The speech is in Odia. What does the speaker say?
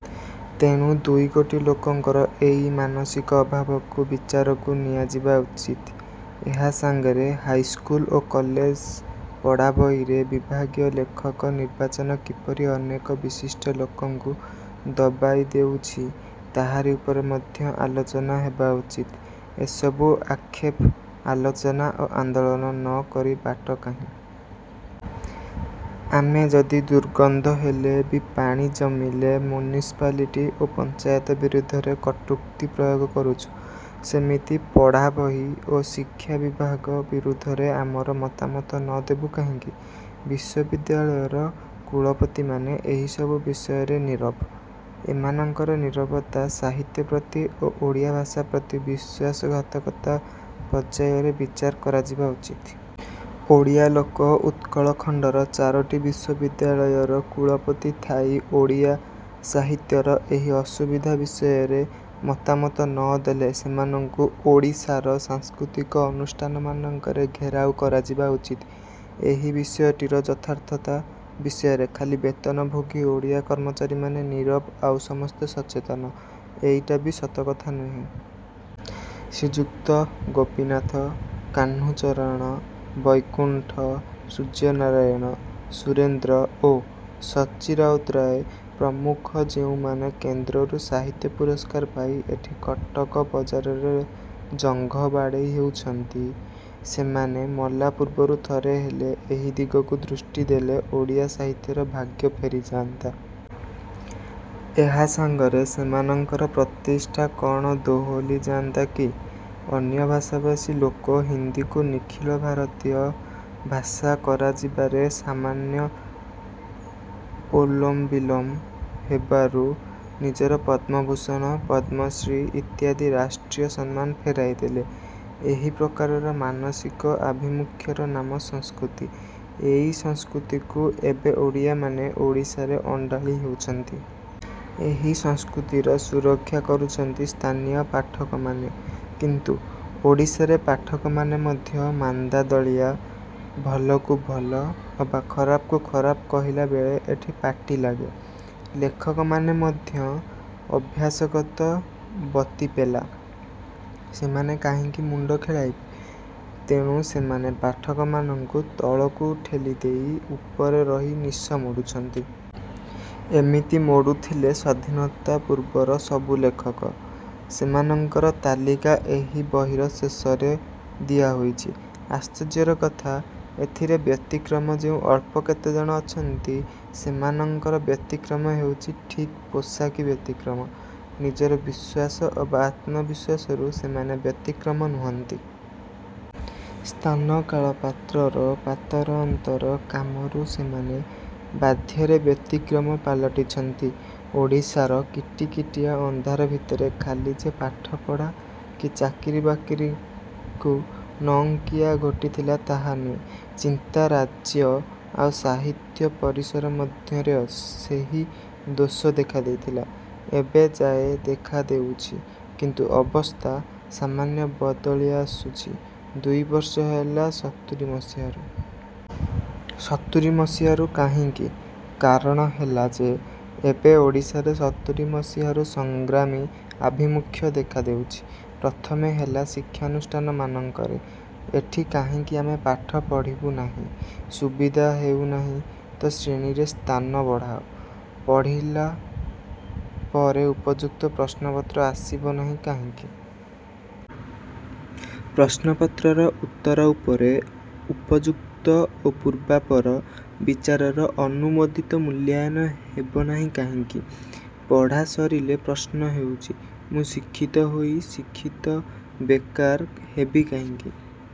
ତେଣୁ ଦୁଇ କୋଟି ଲୋକଙ୍କର ଏଇ ମାନସିକ ଅଭାବକୁ ବିଚାରକୁ ନିଆଯିବା ଉଚିତ। ଏହା ସାଙ୍ଗରେ ହାଇସ୍କୁଲ ଓ କଲେଜର ପଢ଼ାବହିରେ ବିଭାଗୀୟ ଲେଖକ ନିର୍ବାଚନ କିପରି ଅନେକ ବିଶିଷ୍ଟ ଲେଖକଙ୍କୁ ଦବାଇଦେଉଛି, ତାହାରି ଉପରେ ମଧ୍ୟ ଆଲୋଚନା ହେବା ଉଚିତ। ଏଇସବୁ ଆକ୍ଷେପ, ଆଲୋଚନା ଓ ଆନ୍ଦୋଳନ ନ କରି ବାଟ କାହିଁ? ଆମେ ଯଦି ଦୁର୍ଗନ୍ଧ ହେଲେ ବି ପାଣି ଜମିଲେ ମ୍ୟୁନିସିପାଲିଟି ଓ ପଞ୍ଚାୟତ ବିରୁଦ୍ଧରେ କଟୁକ୍ତି ପ୍ରୟୋଗ କରୁଛୁ, ସେମିତି ପଢ଼ାବହି ଓ ଶିକ୍ଷା ବିଭାଗ ବିରୁଦ୍ଧରେ ଆମର ମତାମତ ନ ଦେବୁ କାହିଁକି? ବିଶ୍ୱବିଦ୍ୟାଳୟର କୁଳପତିମାନେ ଏହିସବୁ ବିଷୟରେ ନୀରବ। ଏମାନଙ୍କର ନୀରବତା ସାହିତ୍ୟ ପ୍ରତି ଓ ଓଡ଼ିଆ ଭାଷା ପ୍ରତି ବିଶ୍ୱାସଘାତକତା ପର୍ଯ୍ୟାୟରେ ବିଚାର କରାଯିବା ଉଚିତ। ଓଡ଼ିଆ ଲୋକ ଉତ୍କଳଖଣ୍ଡର ଚାରୋଟି ବିଶ୍ୱବିଦ୍ୟାଳୟର କୁଳପତି ଥାଇ ଓଡ଼ିଆ ସାହିତ୍ୟର ଏହି ଅସୁବିଧା ବିଷୟରେ ମତାମତ ନ ଦେଲେ ସେମାନଙ୍କୁ ଓଡ଼ିଶାର ସାଂସ୍କୃତିକ ଅନୁଷ୍ଠାନମାନଙ୍କରେ ଘେରାଉ କରାଯିବା ଉଚିତ। ଏହି ବିଷୟଟିର ଯଥାର୍ଥତା ବିଷୟରେ ଖାଲି ବେତନଭୋଗୀ ଓଡ଼ିଆ କର୍ମଚାରୀମାନେ ନୀରବ ଆଉ ସମସ୍ତେ ସଚେତନ, ଏଇଟା ବି ସତ କଥା ନୁହେଁ। ଶ୍ରୀଯୁକ୍ତ ଗୋପୀନାଥ, କାହ୍ନୁଚରଣ, ବୈକୁଣ୍ଠ, ସୂର୍ଯ୍ୟନାରାୟଣ, ସୁରେନ୍ଦ୍ର ଓ ସଚ୍ଚି ରାଉତରାୟ ପ୍ରମୁଖ ଯେଉଁମାନେ କେନ୍ଦ୍ରରୁ ସାହିତ୍ୟ ପୁରସ୍କାର ପାଇ ଏଠି କଟକ ବଜାରରେ ଜଙ୍ଘ ବାଡ଼େଇ ହେଉଛନ୍ତି, ସେମାନେ ମଲା ପୂର୍ବରୁ ଥରେ ହେଲେ ଏହି ଦିଗକୁ ଦୃଷ୍ଟି ଦେଲେ ଓଡ଼ିଆ ସାହିତ୍ୟର ଭାଗ୍ୟ ଫେରିଯାନ୍ତା। ଏହା ସାଙ୍ଗରେ ସେମାନଙ୍କର ପ୍ରତିଷ୍ଠା କଣ ଦୋହଲି ଯାଆନ୍ତା କି?ଅନ୍ୟ ଭାଷାଭାଷୀ ଲୋକ ହିନ୍ଦୀକୁ ନିଖିଳ ଭାରତୀୟ ଭାଷା କରାଯିବାରେ ସାମାନ୍ୟ ଓଲମବିଲମ ହେବାରୁ ନିଜର ପଦ୍ମଭୂଷଣ, ପଦ୍ମଶ୍ରୀ ଇତ୍ୟାଦି ରାଷ୍ଟ୍ରୀୟ ସମ୍ମାନ ଫେରାଇଦେଲେ। ଏହି ପ୍ରକାରର ମାନସିକ ଆଭିମୁଖ୍ୟର ନାମ ସଂସ୍କୃତି। ଏଇ ସଂସ୍କୃତିକୁ ଏବେ ଓଡ଼ିଆମାନେ ଓଡ଼ିଶାରେ ଅଣ୍ଡାଳି ହେଉଛନ୍ତି। ଏହି ସଂସ୍କୃତିର ସୁରକ୍ଷା କରୁଛନ୍ତି ସ୍ଥାନୀୟ ପାଠକମାନେ କିନ୍ତୁ ଓଡ଼ିଶାରେ ପାଠକମାନେ ମଧ୍ୟ ମାନ୍ଦାଦଳିଆ, ଭଲକୁ ଭଲ ଅବା ଖରାପକୁ ଖରାପ କହିଲା ବେଳେ ଏଠି ପାଟି ଲାଗେ। ଲେଖକମାନେ ମଧ୍ୟ ଅଭ୍ୟାସଗତ ବତିପେଲା, ସେମାନେ କାହିଁକି ମୁଣ୍ଡ ଖେଳାଇବେ? ତେଣୁ ସେମାନେ ପାଠକମାନଙ୍କୁ ତଳକୁ ଠେଲିଦେଇ ଉପରେ ରହି ନିଶ ମୋଡୁଛନ୍ତି। ଏମିତି ମୋଡୁଥିଲେ ସ୍ୱାଧୀନତା ପୂର୍ବର ସବୁ ଲେଖକ, ସେମାନଙ୍କର ତାଲିକା ଏହି ବହିର ଶେଷରେ ଦିଆହୋଇଛି। ଆଶ୍ଚର୍ଯ୍ୟର କଥା, ଏଥିରେ ବ୍ୟତିକ୍ରମ ଯେଉଁ ଅଳ୍ପ କେତେଜଣ ଅଛନ୍ତି ସେମାନଙ୍କର ବ୍ୟତିକ୍ରମ ହେଉଛି ଠିକ୍ ପୋଷାକୀ ବ୍ୟତିକ୍ରମ। ନିଜର ବିଶ୍ୱାସ ଅବା ଆତ୍ମବିଶ୍ୱାସରୁ ସେମାନେ ବ୍ୟତିକ୍ରମ ନୁହନ୍ତି। ସ୍ଥାନ, କାଳ, ପାତ୍ରର ପାତରଅନ୍ତର କାମରୁ ସେମାନେ ବାଧ୍ୟରେ ବ୍ୟତିକ୍ରମ ପାଲଟିଛନ୍ତି। ଓଡ଼ିଶାର କିଟିକିଟିଆ ଅନ୍ଧାର ଭିତରେ ଖାଲି ଯେ ପାଠପଢ଼ା କି ଚାକିରିବାକିରିକୁ ନଅଙ୍କିଆ ଘୋଟିଥିଲା ତାହା ନୁହେଁ, ଚିନ୍ତାରାଜ୍ୟ ଆଉ ସାହିତ୍ୟ ପରିସର ମଧ୍ୟରେ ସେହି ଦୋଷ ଦେଖାଦେଇଥିଲା। ଏବେ ଯାଏ ଦେଖାଦେଉଛି କିନ୍ତୁ ଅବସ୍ଥା ସାମାନ୍ୟ ବଦଳିଆସୁଛି ଦୁଇ ବର୍ଷ ହେଲା, ସତୁରି ମସିହାରୁ। ସତୁରି ମସିହାରୁ କାହିଁକି? କାରଣ ହେଲା ଯେ ଏବେ ଓଡ଼ିଶାରେ ସତୁରି ମସିହାରୁ ସଂଗ୍ରାମୀ ଆଭିମୁଖ୍ୟ ଦେଖାଦେଉଛି। ପ୍ରଥମେ ହେଲା ଶିକ୍ଷାନୁଷ୍ଠାନମାନଙ୍କରେ। ଏଠି କାହିଁକି ଆମେ ପାଠ ପଢ଼ିବୁ ନାହିଁ? ସୁବିଧା ହେଉନାହିଁ ତ ଶ୍ରେଣୀରେ ସ୍ଥାନ ବଢ଼ାଅ। ପଢ଼ିଲା ପରେ ଉପଯୁକ୍ତ ପ୍ରଶ୍ନପତ୍ର ଆସିବ ନାହିଁ କାହିଁକି? ପ୍ରଶ୍ନପତ୍ରର ଉତ୍ତର ଉପରେ ଉପଯୁକ୍ତ ଓ ପୂର୍ବାପର ବିଚାରର ଅନୁମୋଦିତ ମୂଲ୍ୟାୟନ ହେବ ନାହିଁ କାହିଁକି? ପଢ଼ା ସରିଲେ ପ୍ରଶ୍ନ ହେଉଛି, ମୁଁ ଶିକ୍ଷିତ ହୋଇ ଶିକ୍ଷିତ ବେକାର ହେବି କାହିଁକି?